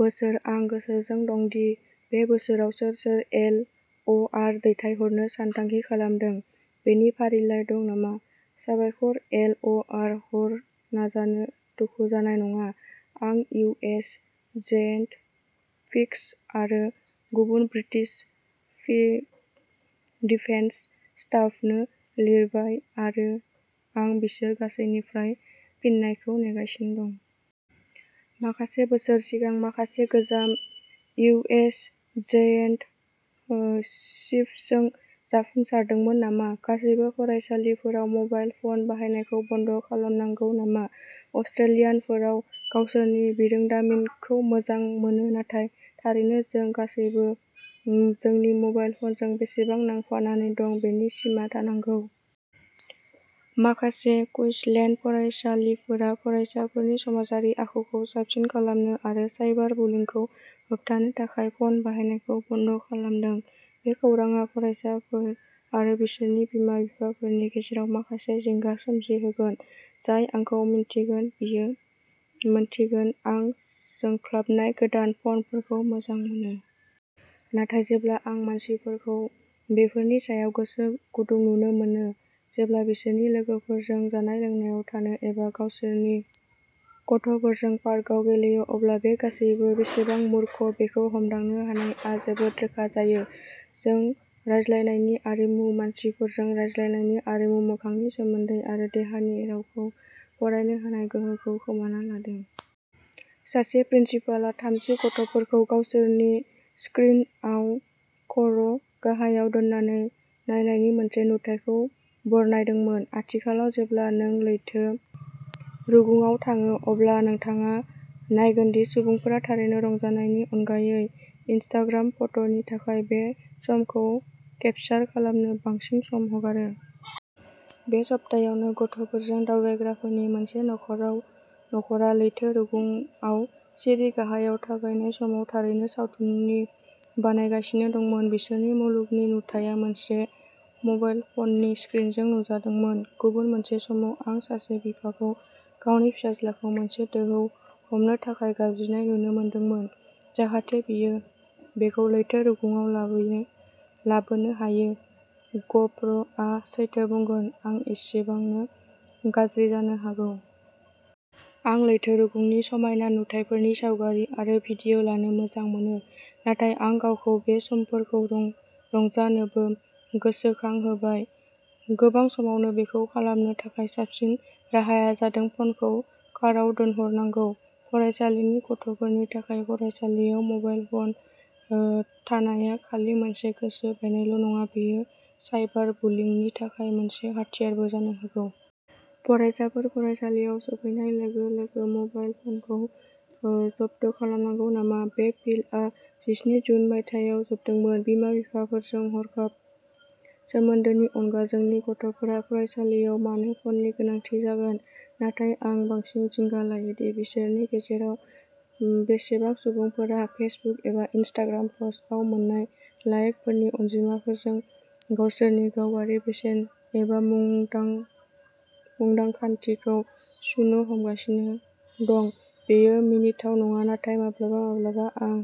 बोसोर आं गोसोजों दं दि बे बोसोराव सोर सोर एल अ आर दैथायहरनो सानथांखि खालामदों बेनि फारिलाइ दं नामा। साबायखर। एल अ आर हर नाजानो दुखु जानाय नङा। आं इउ एस जोइन्ट फिक्स आरो गुबुन ब्रिटिश डिफेन्स स्टाफनो लिरबाय आरो आं बिसोर गासैनिफ्राय फिननायखौ नेगासिनो दं। माखासे बोसोर सिगां माखासे गोजाम इउ एस जोइन्ट चीफ्सजों जाफुंसारदोंमोन नामा। गासैबो फरायसालिफोरा मबाइल फन बाहायनायखौ बन्द खालामनांगौ नामा? अस्ट्रेलियानफोराव गावसोरनि बिरोंदामिनखौ मोजां मोनो नाथाय थारैनो जों गासैबो जोंनि मबाइल फनजों बेसेबां नांफानानै दं बेनि सिमा थानांगौ। माखासे कुइन्सलेन्ड फरायसालिफोरा फरायसाफोरनि समाजारि आखुखौ साबसिन खालामनो आरो साइबार बुलिंखौ होबथानो थाखाय फन बाहायनायखौ बन्द खालामदों बे खौरांआ फरायसाफोर आरो बिसोरनि बिमा बिफाफोरनि गेजेराव माखासे जिंगा सोमजिहोगोन। जाय आंखौ मिन्थिगोन बियो मिन्थिगोन आं जोंख्लाबनाय गोदान फनफोरखौ मोजां मोनो। नाथाय जेब्ला आं मानसिफोरखौ बेफोरनि सायाव गोसो गुदुं नुनो मोनो। जेब्ला बिसोर लोगोफोरजों जानाय लोंनायाव थायो एबा गावसोरनि गथ'फोरजों पार्कआव गेलेयो अब्ला बे गासैबो बेसेबां मुर्ख बेखौ हमदांनो हानायआ जोबोद रोखा जायो। जों रायज्लायनायनि आरिमु मानसिफोरजों रायज्लायनायनि आरिमु मोखांनि सोमोन्दो आरो देहानि रावखौ फरायनो हानाय गोहोखौ खोमाना लादों। सासे प्रिन्सिपालआ थामजि गथ'फोरखौ गावसोरनि स्क्रिनआव खर' गाहायाव दोननानै नायनायनि मोनसे नुथायखौ बरनायदोंमोन। आथिखालाव जेब्ला नों लैथो रुगुंआव थाङो अब्ला नोंथाङा नायगोन दि सुबुंफोरा थारैनो रंजानायनि अनगायै इनस्टाग्राम फट'नि थाखाय बे समखौ'केपसार'खालामनो बांसिन सम हगारो। बे सप्तायावनो गथ'फोरजों दावबायग्राफोरनि मोनसे नखरा लैथो रुगुंआव सिरि गाहायाव थाबायनाय समाव थारैनो सावथुन बानायगासिनो दंमोन। बिसोरनि मुलुगनि नुथाया मोनसे म'बाइल फ'ननि स्क्रिनजों नुजादोंमोन। गुबुन मोनसे समाव आं सासे बिफाखौ गावनि फिसाज्लाखौ मोनसे दोहौ हमनो थाखाय गाबज्रिनाय नुनो मोनदोंमोन जाहाथे बियो बेखौ लैथो रुगुंआव लाबोनो हायो ग'प्र' आं सैथो बुंगोन आं एसेबांनो गाज्रि जानो हागौ। आं लैथो रुगुंनि समायना नुथायफोरनि सावगारि आरो भिडिय'लानो मोजां मोनो। नाथाय आं गावखौ बे समफोरखौ रंजानोबो गोसोखांहोबाय। गोबां समावनो बेखौ खालामनो थाखाय साबसिन राहाया जादों फ'नखौ काराव दोनहरनांगौ। फरायसालिनि गथ'फोरनि थाखाय फरायसालियाव मबाइल फ'न थानाया खालि मोनसे गोसो बायनायल'नङा बेयो साइबार बुलिंनि थाखाय मोनसे हाथियारबो जानो हागौ। फरायसाफोर फरायसालियाव सौफैनाय लोगो लोगो मबाइल फ'नफोरखौ जब्द खालामनांगौ नामा? बे पोलआ जिस्नि जुन मायथाइयाव जोबदोंमोन। बिमा बिफाफोरजों हरखाब सोमोन्दोनि अनगा जोंनि गथ'फोरा फरायसालियाव मानो फ'ननि गोनांथि जागोन नाथाय आं बांसिन जिंगा लायो दि बिसोरनि गेजेराव बेसेबां सुबुंफोरा फेसबुक एबा इनस्टाग्राम पस्टआव मोन्नाय लाइकफोरनि अनजिमाजों गावसोरनि गावआरि बेसेन एबा मुंदांखाथिखौ सुनो हमगासिनो दं। बेयो मिनिथाव नङा नाथाय माब्लाबा माब्लाबा आं